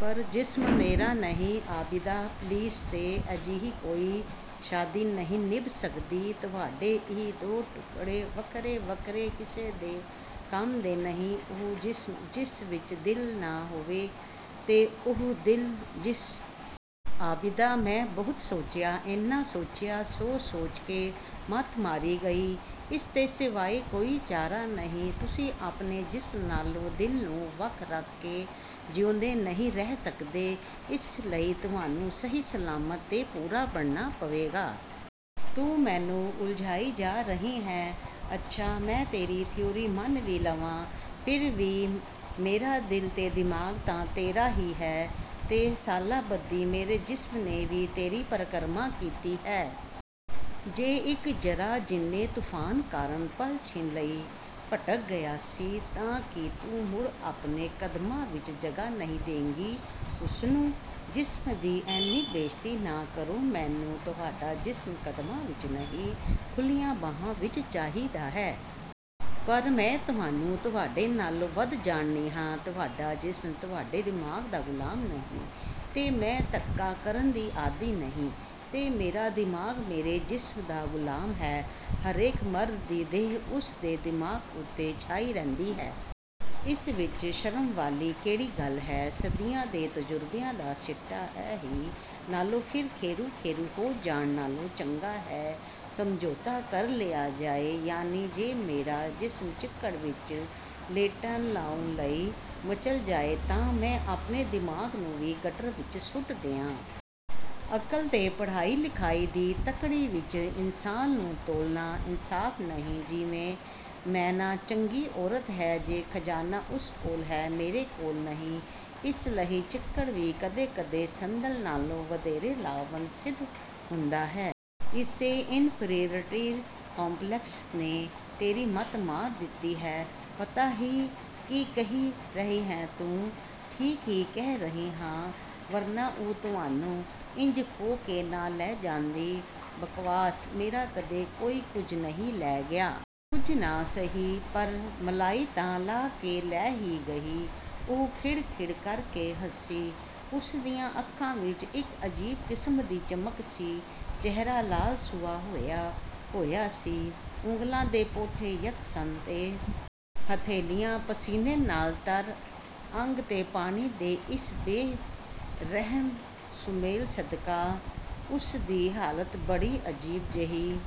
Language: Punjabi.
"ਪਰ ਜਿਸਮ ਮੇਰਾ ਨਹੀਂ।" "ਆਬਿਦਾ! ਪਲੀਜ਼!" "ਤੇ ਅਜਿਹੀ ਕੋਈ ਸ਼ਾਦੀ ਨਹੀਂ ਨਿਭ ਸਕਦੀ। ਤੁਹਾਡੇ ਇਹ ਦੋ ਟੁੱਕੜੇ, ਵੱਖਰੇ-ਵੱਖਰੇ ਕਿਸੇ ਦੇ ਕੰਮ ਦੇ ਨਹੀਂ, ਉਹ ਜਿਸਮ, ਜਿਸ ਵਿੱਚ ਦਿਲ ਨਾ ਹੋਵੇ ਤੇ ਉਹ ਦਿਲ, ਜਿਸ।" "ਆਬਿਦਾ!" "ਮੈਂ ਬਹੁਤ ਸੋਚਿਆ, ਇੰਨਾ ਸੋਚਿਆ ਕਿ ਸੋਚ-ਸੋਚ ਕੇ ਮੱਤ ਮਾਰੀ ਗਈ। ਇਸ ਦੇ ਸਿਵਾਏ ਕੋਈ ਚਾਰਾ ਨਹੀਂ। ਤੁਸੀਂ ਆਪਣੇ ਜਿਸਮ ਨਾਲੋਂ ਦਿਲ ਨੂੰ ਵੱਖ ਰੱਖ ਕੇ ਜਿਊਂਦੇ ਨਹੀਂ ਰਹਿ ਸਕਦੇ। ਇਸ ਲਈ ਤੁਹਾਨੂੰ ਸਹੀ-ਸਲਾਮਤ ਤੇ ਪੂਰਾ ਬਣਨਾ ਪਏਗਾ।" "ਤੂੰ ਮੈਨੂੰ ਉਲਝਾਈ ਜਾ ਰਹੀ ਹੈਂ। ਅੱਛਾ, ਮੈਂ ਤੇਰੀ ਥਿਊਰੀ ਮੰਨ ਵੀ ਲਵਾਂ, ਫਿਰ ਵੀ ਮੇਰਾ ਦਿਲ ਤੇ ਦਿਮਾਗ਼ ਤਾਂ ਤੇਰਾ ਹੀ ਹੈ, ਤੇ ਸਾਲਾਂਬੱਧੀ ਮੇਰੇ ਜਿਸਮ ਨੇ ਵੀ ਤੇਰੀ ਪਰਕਰਮਾ ਕੀਤੀ ਹੈ। ਜੇ ਇੱਕ ਜ਼ਰਾ ਜਿੰਨੇ ਤੂਫ਼ਾਨ ਕਾਰਨ ਪਲ-ਛਿਨ ਲਈ ਭਟਕ ਗਿਆ ਸੀ, ਤਾਂ ਕੀ ਤੂੰ ਮੁੜ ਆਪਣੇ ਕਦਮਾਂ ਵਿੱਚ ਜਗ੍ਹਾ ਨਹੀਂ ਦੇਂਗੀ, ਉਸਨੂੰ?" "ਜਿਸਮ ਦੀ ਇੰਨੀ ਬੇਇੱਜਤੀ ਨਾ ਕਰੋ। ਮੈਨੂੰ ਤੁਹਾਡਾ ਜਿਸਮ ਕਦਮਾਂ ਵਿੱਚ ਨਹੀਂ, ਖੁੱਲ੍ਹੀਆਂ ਬਾਹਾਂ ਵਿੱਚ ਚਾਹੀਦਾ ਹੈ। ਪਰ ਮੈਂ ਤੁਹਾਨੂੰ, ਤੁਹਾਡੇ ਨਾਲੋਂ ਵੱਧ ਜਾਣਦੀ ਹਾਂ। ਤੁਹਾਡਾ ਜਿਸਮ, ਤੁਹਾਡੇ ਦਿਮਾਗ਼ ਦਾ ਗ਼ੁਲਾਮ ਨਹੀਂ, ਤੇ ਮੈਂ ਧੱਕਾ ਕਰਨ ਦੀ ਆਦੀ ਨਹੀਂ।" "ਤੇ ਮੇਰਾ ਦਿਮਾਗ਼ ਮੇਰੇ ਜਿਸਮ ਦਾ ਗ਼ੁਲਾਮ ਹੈ।" "ਹਰੇਕ ਮਰਦ ਦੀ ਦੇਹ, ਉਸਦੇ ਦਿਮਾਗ਼ ਉੱਤੇ ਛਾਈ ਰਹਿੰਦੀ ਹੈ। ਇਸ ਵਿੱਚ ਸ਼ਰਮ ਵਾਲੀ ਕਿਹੜੀ ਗੱਲ ਹੈ? ਸਦੀਆਂ ਦੇ ਤਜ਼ੁਰਬਿਆਂ ਦਾ ਸਿੱਟਾ ਹੈ ਇਹ, ਨਾਲੇ ਫਿਰ ਖੇਰੂ-ਖੇਰੂ ਹੋ ਜਾਣ ਨਾਲੋਂ ਚੰਗਾ ਹੈ, ਸਮਝੌਤਾ ਕਰ ਲਿਆ ਜਾਏ।" "ਯਾਨੀ ਜੇ ਮੇਰਾ ਜਿਸਮ ਚਿੱਕੜ ਵਿੱਚ ਲੇਟਾ ਲਾਉਣ ਲਈ ਮਚਲ ਜਾਏ ਤਾਂ ਮੈਂ ਆਪਣੇ ਦਿਮਾਗ਼ ਨੂੰ ਵੀ ਗਟਰ ਵਿੱਚ ਸੁੱਟ ਦਿਆਂ।" "ਅਕਲ ਤੇ ਪੜ੍ਹਾਈ-ਲਿਖਾਈ ਦੀ ਤੱਕੜੀ ਵਿੱਚ ਇਨਸਾਨ ਨੂੰ ਤੋਲਨਾ ਇਨਸਾਫ਼ ਨਹੀਂ ਜਿਵੇਂ ਮੋਨਾ ਚੰਗੀ ਔਰਤ ਹੈ ਜੋ ਖਜ਼ਾਨਾ ਉਸ ਕੋਲ ਹੈ, ਮੇਰੇ ਕੋਲ ਨਹੀਂ। ਇਸ ਲਈ ਚਿੱਕੜ ਵੀ ਕਦੇ-ਕਦੇ ਸੰਦਲ ਨਾਲੋਂ ਵਧੇਰੇ ਲਾਭਵੰਤ ਸਿੱਧ ਹੁੰਦਾ ਹੈ।" "ਇਸੇ ਇਨਫੀਰੀਅਰਿਟੀ ਕੰਪਲੈਕਸ ਨੇ ਤੇਰੀ ਮੱਤ ਮਾਰ ਦਿੱਤੀ ਹੈ, ਪਤਾ ਹੀ ਕੀ ਕਹਿ ਰਹੀ ਹੈਂ ਤੂੰ?" "ਠੀਕ ਹੀ ਕਹਿ ਰਹੀ ਹਾਂ, ਵਰਨਾ ਉਹ ਤੁਹਾਨੂੰ ਇੰਜ ਖੋਹ ਕੇ ਨਾ ਲੈ ਜਾਂਦੀ।" "ਬਕਵਾਸ! ਮੇਰਾ ਕਦੇ ਕੋਈ ਕੁਝ ਨਹੀਂ ਲੈ ਗਿਆ।" "ਕੁਝ ਨਾ ਸਹੀ, ਪਰ ਮਲਾਈ ਤਾਂ ਲਾਹ ਕੇ ਲੈ ਹੀ ਗਈ।" ਉਹ ਖਿੜ-ਖਿੜ ਕਰਕੇ ਹੱਸੀ। ਉਸਦੀਆਂ ਅੱਖਾਂ ਵਿੱਚ ਇੱਕ ਅਜੀਬ ਕਿਸਮ ਦੀ ਚਮਕ ਸੀ। ਚਿਹਰਾ ਲਾਲ-ਸੂਹਾ ਹੋਇਆ-ਹੋਇਆ ਸੀ। ਉਂਗਲਾਂ ਦੇ ਪੋਟੇ ਠੰਡੇ-ਯੱਖ ਸਨ ਤੇ ਹਥੇਲੀਆਂ ਪਸੀਨੇ ਨਾਲ ਤਰ ਅੱਗ ਤੇ ਪਾਣੀ ਦੇ ਇਸ ਬੇਰਹਿਮ ਸੁਮੇਲ ਸਦਕਾ ਉਸਦੀ ਹਾਲਤ ਬੜੀ ਅਜੀਬ ਜਿਹੀ